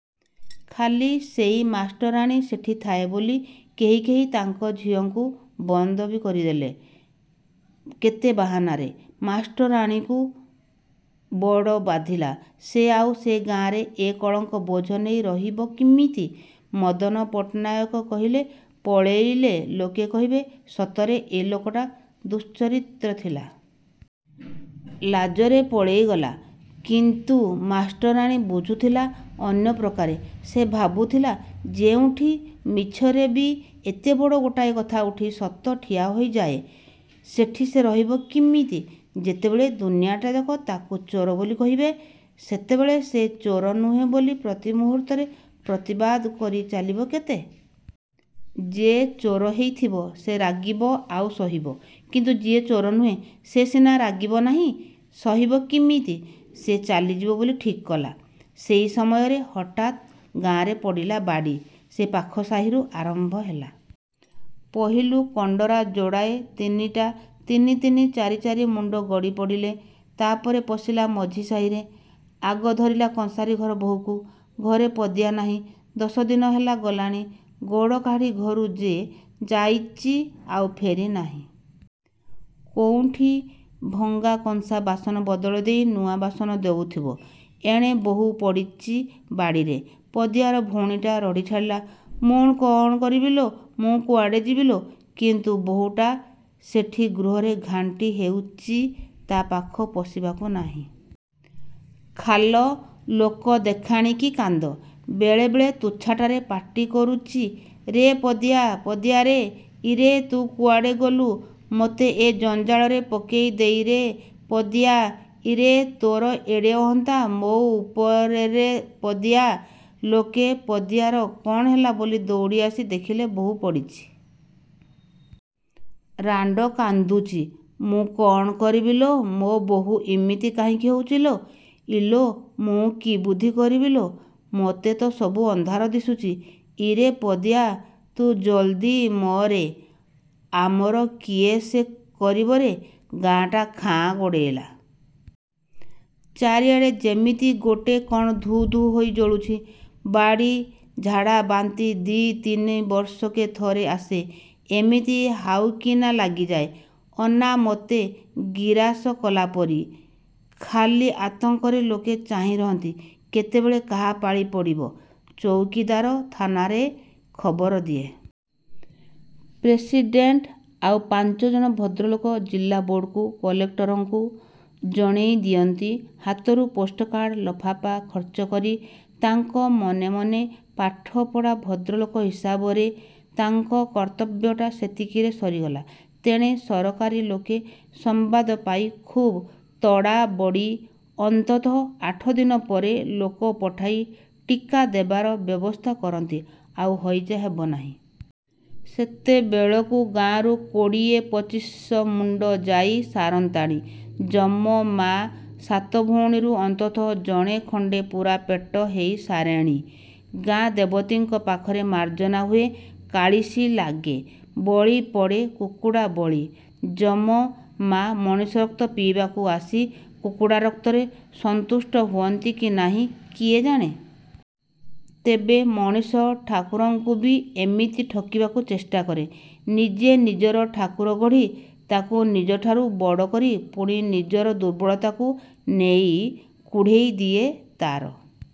ଖାଲି ସେଇ ମାଷ୍ଟରାଣୀ ସେଠି ଥାଏ ବୋଲି, କେହି କେହି ତାଙ୍କ ଝିଅଙ୍କୁ ବନ୍ଦବି କରିଦେଲେ କେତେ ବାହାନାରେ। ମାଷ୍ଟରାଣୀକୁ ବଡ଼ ବାଧିଲା। ସେ ଆଉ ସେ ଗାଁରେ ଏ କଳଙ୍କ ବୋଝ ନେଇ ରହିବ କିମିତି? ମଦନପଟ୍ଟନାୟକ କହିଲେ 'ପଳେଇଲେ ଲୋକେ କହିବେ ସତରେ ଏ ଲୋକଟା ଦୁଶ୍ଚରିତ୍ର ଥିଲା। ଲାଜରେ ପଳେଇଗଲା। ' କିନ୍ତୁ ମାଷ୍ଟରାଣୀ ବୁଝୁଥିଲା ଅନ୍ୟ ପ୍ରକାରେ। ସେ ଭାବୁଥିଲା, ଯେଉଁଠି ମିଛରେବି ଏତେ ବଡ଼ ଗୋଟାଏ କଥା ଉଠି ସତ ଠିଆ ହୋଇଯାଏ ସେଠି ସେ ରହିବ କିମିତି? ଯେତେବେଳେ ଦୁନିଆଟାଯାକ ତାକୁ ଚୋର ବୋଲି କହିବେ, ସେତେବେଳେ ସେ ଚୋର ନୁହେଁ ବୋଲି ପ୍ରତି ମୁହୂର୍ତ୍ତରେ ପ୍ରତିବାଦ କରି ଚାଲିବ କେତେ! ଯେ ଚୋର ହେଇଥିବ ସେ ରାଗିବ ଆଉ ସହିବ। କିନ୍ତୁ ଯିଏ ଚୋର ନୁହେଁ ସେ ସିନା ରାଗିବ ନାହିଁ ସହିବ କିମିତି? ସେ ଚାଲିଯିବ ବୋଲି ଠିକ୍ କଲା। ସେଇ ସମୟରେ ହଠାତ ଗାଁରେ ପଡ଼ିଲା ବାଡ଼ି। ସେ ପାଖ ସାହିରୁ ଆରମ୍ଭ ହେଲା। ପହିଲୁ କଣ୍ଡରା ଯୋଡ଼ାଏ ତିନିଟା ତିନି ତିନି ଚାରି ଚାରି ମୁଣ୍ଡ ଗଡ଼ି ପଡ଼ିଲେ। ତା'ପରେ ପଶିଲା ମଝି ସାହିରେ। ଆଗ ଧରିଲା କଂସାରି ଘର ବହୂକୁ। ଘରେ ପଦିଆ ନାହିଁ। ଦଶଦିନ ହେଲା ଗଲାଣି ଗୋଡ଼ କାଢ଼ି ଘରୁ ଯେ, ଯାଇଚି ଆଉ ଫେରି ନାହିଁ। କୋଉଁଠି ଭଙ୍ଗା କଂସା ବାସନ ବଦଳ ଦେଇ ନୂଆ ବାସନ ଦେଉଥିବ। ଏଣେ ବହୂ ପଡ଼ିଚି ବାଡ଼ିରେ । ପଦିଆର ଭଉଣୀଟା ରଡ଼ି ଛାଡ଼ିଲା ''ମୁଁ କ'ଣ କରିବିଲୋ! ମୁଁ କୁଆଡ଼େ ଯିବିଲୋ! '' କିନ୍ତୁ ବହୂଟା ସେଠି ଗୃହରେ ଘାଣ୍ଟି ହେଉଚି ତା' ପାଖ ପଶିବାକୁ ନାହିଁ। ଖାଲ ଲୋକ ଦେଖାଣିକି କାନ୍ଦ। ବେଳେ ବେଳେ ତୁଚ୍ଛାଟାରେ ପାଟି କରୁଚି''ରେ ପଦିଆ ପଦିଆରେ ଇରେ ତୁ କୁଆଡ଼େ ଗଲୁ ମୋତେ ଏ ଜଞ୍ଜାଳରେ ପକେଇ ଦେଇରେ ପଦିଆ ଇରେ ତୋର ଏଡ଼େ ଅହନ୍ତା ମୋ ଉପରେରେ ପଦିଆ। '' ଲୋକେ ପଦିଆର କ'ଣ ହେଲା ବୋଲି ଦଉଡ଼ି ଆସି ଦେଖିଲେ, ବହୂ ପଡ଼ିଚି। ରାଣ୍ଡ କାନ୍ଦୁଚି 'ମୁଁ କ'ଣ କରିବିଲୋ ମୋ ବହୂ ଇମିତି କାହିଁକି ହଉଚିଲୋ। ଇଲୋ ମୁଁ କି ବୁଦ୍ଧି କରିବିଲୋ। ମୋତେ ତ ସବୁ ଅନ୍ଧାର ଦିଶୁଚି ଇରେ ପଦିଆ, ତୁ ଜଲ୍ଦି ମରେ ଆମର କିଏ ସେ କରିବରେ। '' ଗାଁଟା ଖାଁ ଗୋଡ଼େଇଲା। ଚାରିଆଡ଼େ ଯେମିତି ଗୋଟେ କ'ଣ ଧୁ ଧୁ ହୋଇ ଜଳୁଛି। ବାଡ଼ି ଝାଡ଼ାବାନ୍ତି ଦି'ତିନି ବର୍ଷକେ ଥରେ ଆସେ। ଏମିତି ହାଉକିନା ଲାଗିଯାଏ। ଅନାମତେ ଗିରାସ କଲା ପରି। ଖାଲି ଆତଙ୍କରେ ଲୋକେ ଚାହିଁ ରହନ୍ତି, କେତେବେଳେ କାହା ପାଳି ପଡ଼ିବ। ଚଉକିଦାର ଥାନାରେ ଖବର ଦିଏ। ପ୍ରେସିଡେଣ୍ଟ, ଆଉ ପାଞ୍ଚଜଣ ଭଦ୍ରଲୋକ ଜିଲାବୋର୍ଡ଼କୁ, କଲେକ୍ଟରଙ୍କୁ ଜଣେଇ ଦିଅନ୍ତି ହାତରୁ ପୋଷ୍ଟକାର୍ଡ଼ ଲଫାପା ଖର୍ଚ୍ଚ କରି, ତାଙ୍କ ମନେ ମନେ ପାଠ ପଢ଼ା ଭଦ୍ରଲୋକ ହିସାବରେ ତାଙ୍କ କର୍ତ୍ତବ୍ୟଟା ସେତିକିରେ ସରିଗଲା। ତେଣେ ସରକାରୀ ଲୋକେ ସମ୍ବାଦ ପାଇ ଖୁବ୍ ତଡ଼ାବଡ଼ି ଅନ୍ତତଃ ଆଠଦିନ ପରେ ଲୋକ ପଠାଇ ଟିକା ଦେବାର ବ୍ୟବସ୍ଥା କରନ୍ତି ଆଉ ହଇଜା ହେବ ନାହିଁ। ସେତେବେଳକୁ ଗାଁରୁ କୋଡ଼ିଏ ପଚିଶ ମୁଣ୍ଡ ଯାଇ ସାରନ୍ତାଣି। ଯମ ମା ସାତ ଭଉଣୀରୁ ଅନ୍ତତଃ ଜଣେ ଖଣ୍ଡେ ପୂରାପେଟ ହେଇ ସାରେଣି। ଗାଁ ଦେବତୀଙ୍କ ପାଖରେ ମାର୍ଜନା ହୁଏ କାଳିସୀ ଲାଗେ। ବଳି ପଡ଼େ କୁକୁଡ଼ା ବଳି। ଯମ ମା ମଣିଷ ରକ୍ତ ପିଇବାକୁ ଆସି କୁକୁଡ଼ା ରକ୍ତରେ ସନ୍ତୁଷ୍ଟ ହୁଅନ୍ତି କି ନାହିଁ କିଏ ଜାଣେ! ତେବେ ମଣିଷ ଠାକୁରଙ୍କୁବି ଏମିତି ଠକିବାକୁ ଚେଷ୍ଟା କରେ। ନିଜେ ନିଜର ଠାକୁର ଗଢ଼ି, ତାକୁ ନିଜଠାରୁ ବଡ଼ କରି ପୁଣି ନିଜର ଦୁର୍ବଳତାକୁ ନେଇ କୁଢ଼େଇ ଦିଏ ତା'ର